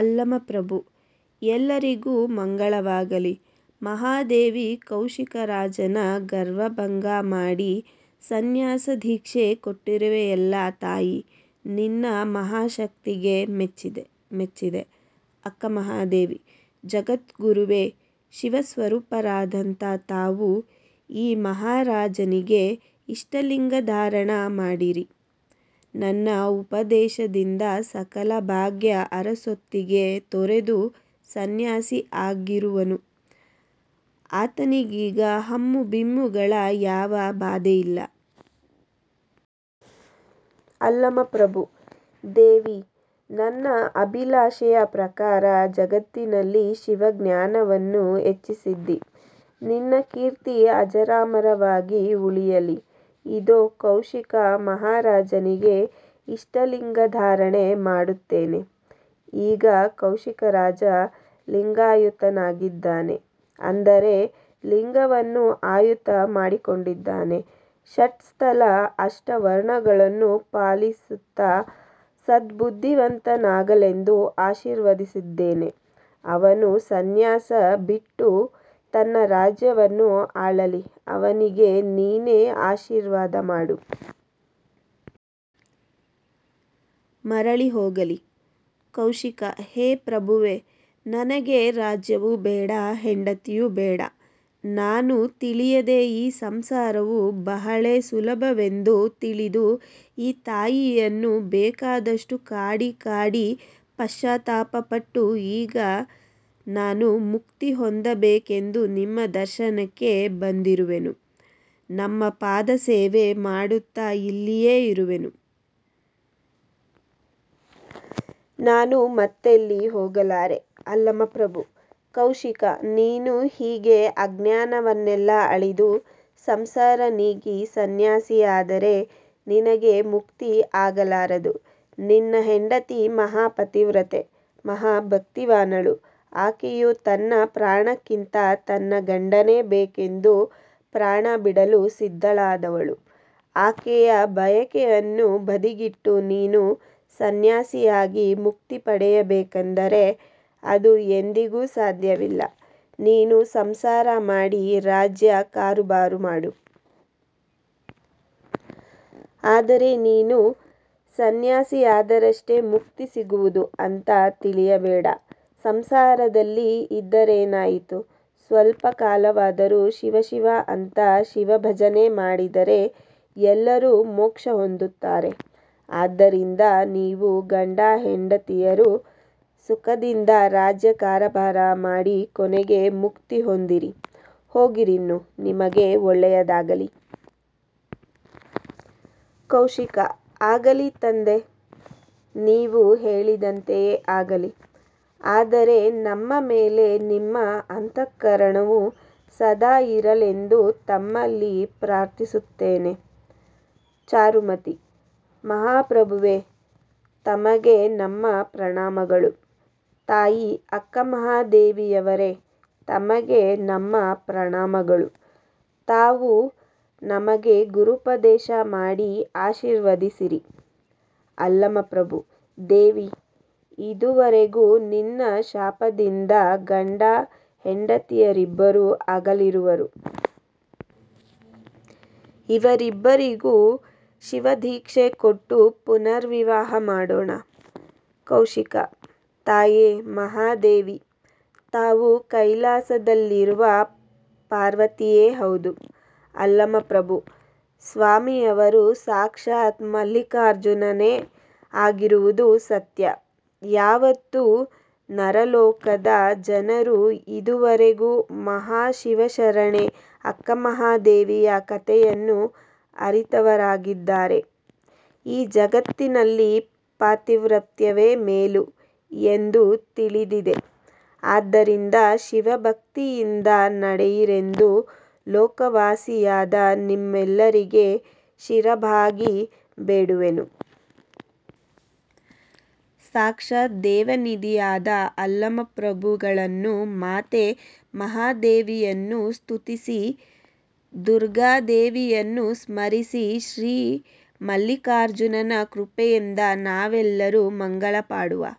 ಅಲ್ಲಮಪ್ರಭು: ಎಲ್ಲರಿಗೂ ಮಂಗಲವಾಗಲಿ! ಮಹಾದೇವಿ, ಕೌಶಿಕ ರಾಜನ ಗರ್ವಭಂಗಮಾಡಿ, ಸಂನ್ಯಾಸ ದೀಕ್ಷೆ ಕೊಟ್ಟಿರುವೆಯಲ್ಲ ತಾಯಿ. ನಿನ್ನ ಮಹಾಶಕ್ತಿಗೆ ಮೆಚ್ಚಿದೆ, ಮೆಚ್ಚಿದೆ. ಅಕ್ಕಮಹಾದೇವಿ: ಜಗದ್ಗುರುವೆ, ಶಿವಸ್ವರೂಪರಾದಂಥಾ ತಾವು ಈ ಮಹಾರಾಜನಿಗೆ ಇಷ್ಟಲಿಂಗ ಧಾರಣ ಮಾಡಿರಿ. ನನ್ನ ಉಪದೇಶದಿಂದ ಸಕಲ ಭಾಗ್ಯ ಅರಸೊತ್ತಿಗೆ ತೊರೆದು ಸಂನ್ಯಾಸಿ ಆಗಿರುವನು. ಆತನಿಗೀಗ ಹಮ್ಮು: ಬಿಮ್ಮುಗಳ ಯಾವ ಬಾಧೆಯಿಲ್ಲ. ಅಲ್ಲಮಪ್ರಭು: ದೇವಿ, ನನ್ನ ಅಭಿಲಾಷೆಯ ಪ್ರಕಾರ ಜಗತ್ತಿನಲ್ಲಿ ಶಿವಜ್ಞಾನವನ್ನು ಹೆಚ್ಚಿಸಿದಿ. ನಿನ್ನ ಕೀರ್ತಿ ಅಜರಾಮರವಾಗಿ ಉಳಿಯಲಿ! ಇದೋ ಈ ಕೌಶಿಕ ಮಹಾರಾಜನಿಗೆ ಇಷ್ಟಲಿಂಗಧಾರಣೆ ಮಾಡುತ್ತೇನೆ. ಈಗ ಕೌಶಿಕರಾಜ ಲಿಂಗಾಯತನಾಗಿದ್ದಾನೆ. ಅಂದರೆ ಲಿಂಗವನ್ನು ಆಯುತ ಮಾಡಿಕೊಂಡಿದ್ದಾನೆ. ಷಟ್ ಸ್ಥಲ, ಅಷ್ಟಾವರಣಗಳನ್ನು ಪಾಲಿಸುತ್ತ ಸದ್ಬುದ್ಧಿವಂತ ನಾಗಲೆಂದು ಆಶೀರ್ವದಿಸಿದ್ದೇನೆ. ಅವನು ಸಂನ್ಯಾಸ ಬಿಟ್ಟು ತನ್ನ ರಾಜ್ಯವನ್ನು ಆಳಲಿ ಅವನಿಗೆ ನೀನೇ ಆಶೀರ್ವಾದ ಮಾಡು. ಮರಳಿ ಹೋಗಲಿ. ಕೌಶಿಕ: ಹೇ ಪ್ರಭುವೇ, ನನಗೆ ರಾಜ್ಯವು ಬೇಡಾ. ಹೆಂಡತಿಯು ಬೇಡಾ. ನಾನು ತಿಳಿಯದೇ, ಈ ಸಂಸಾರವು ಬಹಳೇ ಸುಲಭವೆಂದು ತಿಳಿದು ಈ ತಾಯಿಯನ್ನು ಬೇಕಾದಷ್ಟು ಕಾಡಿಕಾಡಿ ಪಶ್ಚಾತ್ತಾಪಪಟ್ಟು, ಈಗ ನಾನು ಮುಕ್ತಿ ಹೊಂದಬೇಕೆಂದು ನಿಮ್ಮ ದರ್ಶನಕ್ಕೆ ಬಂದಿರುವೆನು. ನಮ್ಮ ಪಾದಸೇವೆ ಮಾಡುತ್ತ ಇಲ್ಲಿಯೇ ಇರುವೆನು. ನಾನು ಮತ್ತೆಲ್ಲಿ ಹೋಗಲಾರೆ. ಅಲ್ಲಮಪ್ರಭು: ಕೌಶಿಕಾ, ನೀನು ಹೀಗೆ ಅಜ್ಞಾನವನ್ನೆಲ್ಲಾ ಅಳಿದು ಸಂಸಾರ ನೀಗಿ ಸಂನ್ಯಾಸಿ ಆದರೆ ನಿನಗೆ ಮುಕ್ತಿ ಆಗಲಾರದು. ನಿನ್ನ ಹೆಂಡತಿ ಮಹಾಪತಿವ್ರತೆ, ಮಹಾಭಕ್ತಿವಾನಳು. ಆಕೆಯು ತನ್ನ ಪ್ರಾಣಕ್ಕಿಂತ ತನ್ನ ಗಂಡನೇ ಬೇಕೆಂದು ಪ್ರಾಣಬಿಡಲು ಸಿದ್ಧಳಾದವಳು. ಆಕೆಯ ಬಯಕೆಯನ್ನು ಬದಿಗಿಟ್ಟು, ನೀನು ಸಂನ್ಯಾಸಿಯಾಗಿ ಮುಕ್ತಿ ಪಡೆಯಬೇಕಾದರೆ ಅದು ಎಂದಿಗೂ ಸಾಧ್ಯವಿಲ್ಲ, ನೀನು ಸಂಸಾರ ಮಾಡಿ ರಾಜ್ಯ ಕಾರುಭಾರು ಮಾಡು. ಅಂದರೆ ನೀನು ಸಂನ್ಯಾಸಿಯಾದರಷ್ಟೇ ಮುಕ್ತಿ ಸಿಗುವುದು ಅಂತಾ ತಿಳಿಯಬೇಡಾ. ಸಂಸಾರದಲ್ಲಿ ಇದ್ದರೇನಾಯಿತು? ಸ್ವಲ್ಪ ಕಾಲವಾದರೂ ಶಿವಶಿವಾ ಅಂತಾ ಶಿವ ಭಜನೆ ಮಾಡಿದರೆ ಎಲ್ಲರೂ ಮೋಕ್ಷ ಹೊಂದುತ್ತಾರೆ. ಆದ್ದರಿಂದ ನೀವು ಗಂಡ: ಹೆಂಡತಿಯರು ಸುಖದಿಂದ ರಾಜ್ಯ ಕಾರಭಾರ ಮಾಡಿ ಕೊನೆಗೆ ಮುಕ್ತಿ ಹೊಂದಿರಿ. ಹೋಗಿರಿನ್ನು ನಿಮಗೆ ಒಳ್ಳೆಯದಾಗಲಿ! ಕೌಶಿಕ: ಆಗಲಿ ತಂದೇ, ನೀವು ಹೇಳಿದಂತೆಯೇ ಆಗಲಿ. ಆದರೆ ನಮ್ಮ ಮೇಲೆ ನಿಮ್ಮ ಅಂತಃಕರುಣವು ಸದಾ ಇರಲೆಂದು ತಮ್ಮಲ್ಲಿ ಪ್ರಾರ್ಥಿಸುತ್ತೇನೆ. ಚಾರುಮತಿ: ಮಹಾಪ್ರಭುವೆ ತಮಗೆ ನಮ್ಮ ಪ್ರಣಾಮಗಳು. ತಾಯಿ ಅಕ್ಕಮಹಾದೇವಿಯವರೇ ತಮಗೆ ನಮ್ಮ ಪ್ರಣಾಮಗಳು. ತಾವು ನಮಗೆ ಗುರುಪದೇಶ ಮಾಡಿ ಆಶೀರ್ವದಿಸಿರಿ. ಅಲ್ಲಮಪ್ರಭು: ದೇವಿ, ಇದುವರೆಗೂ ನಿನ್ನ ಶಾಪದಿಂದ ಗಂಡ ಹೆಂಡತಿಯರಿಬ್ಬರೂ ಅಗಲಿರುವರು. ಇವರಿಬ್ಬರಿಗೂ ಶಿವದೀಕ್ಷೆ ಕೊಟ್ಟು ಪುನರ್ವಿವಾಹ ಮಾಡೋಣ. ಕೌಶಿಕ: ತಾಯೆ ಮಹಾದೇವಿ, ತಾವು ಕೈಲಾಸದಲ್ಲಿರುವ ಪಾರ್ವತಿಯೇ ಹೌದು. ಅಲ್ಲಮಪ್ರಭು ಸ್ವಾಮಿಯವರು ಸಾಕ್ಷಾತ್ ಮಲ್ಲಿಕಾರ್ಜುನನೇ ಆಗಿರುವುದು ಸತ್ಯ. ಯಾವತ್ತು ನರಲೋಕದ ಜನರು ಇದುವರೆಗೂ ಮಹಾಶಿವಶರಣೆ ಅಕ್ಕಮಹಾದೇವಿಯ ಕಥೆಯನ್ನು ಅರಿತವರಾಗಿದ್ದಾರೆ. ಈ ಜಗತ್ತಿನಲ್ಲಿ ಪಾತಿವ್ರತ್ಯವೇ ಮೇಲು ಎಂಬುದು ತಿಳಿದಿದೆ. ಆದ್ದರಿಂದ ಶಿವಭಕ್ತಿಯಿಂದ ನಡೆಯಿರೆಂದು ಲೋಕವಾಸಿಯಾದ ನಿಮ್ಮೆಲ್ಲರಿಗೆ ಶಿರಬಾಗಿ ಬೇಡುವೆನು. ಸಾಕ್ಷಾತ್ ದೇವನಿಧಿಯಾದ ಅಲ್ಲಮಪ್ರಭುಗಳನ್ನು, ಮಾತೆ ಮಹಾದೇವಿಯನ್ನು ಸ್ತುತಿಸಿ, ದುರ್ಗಾ ದೇವಿಯನ್ನು ಸ್ಮರಿಸಿ, ಶ್ರೀ ಮಲ್ಲಿಕಾರ್ಜುನನ ಕೃಪೆಯಿಂದ ನಾವೆಲ್ಲರೂ ಮಂಗಲ ಪಾಡುವಾ.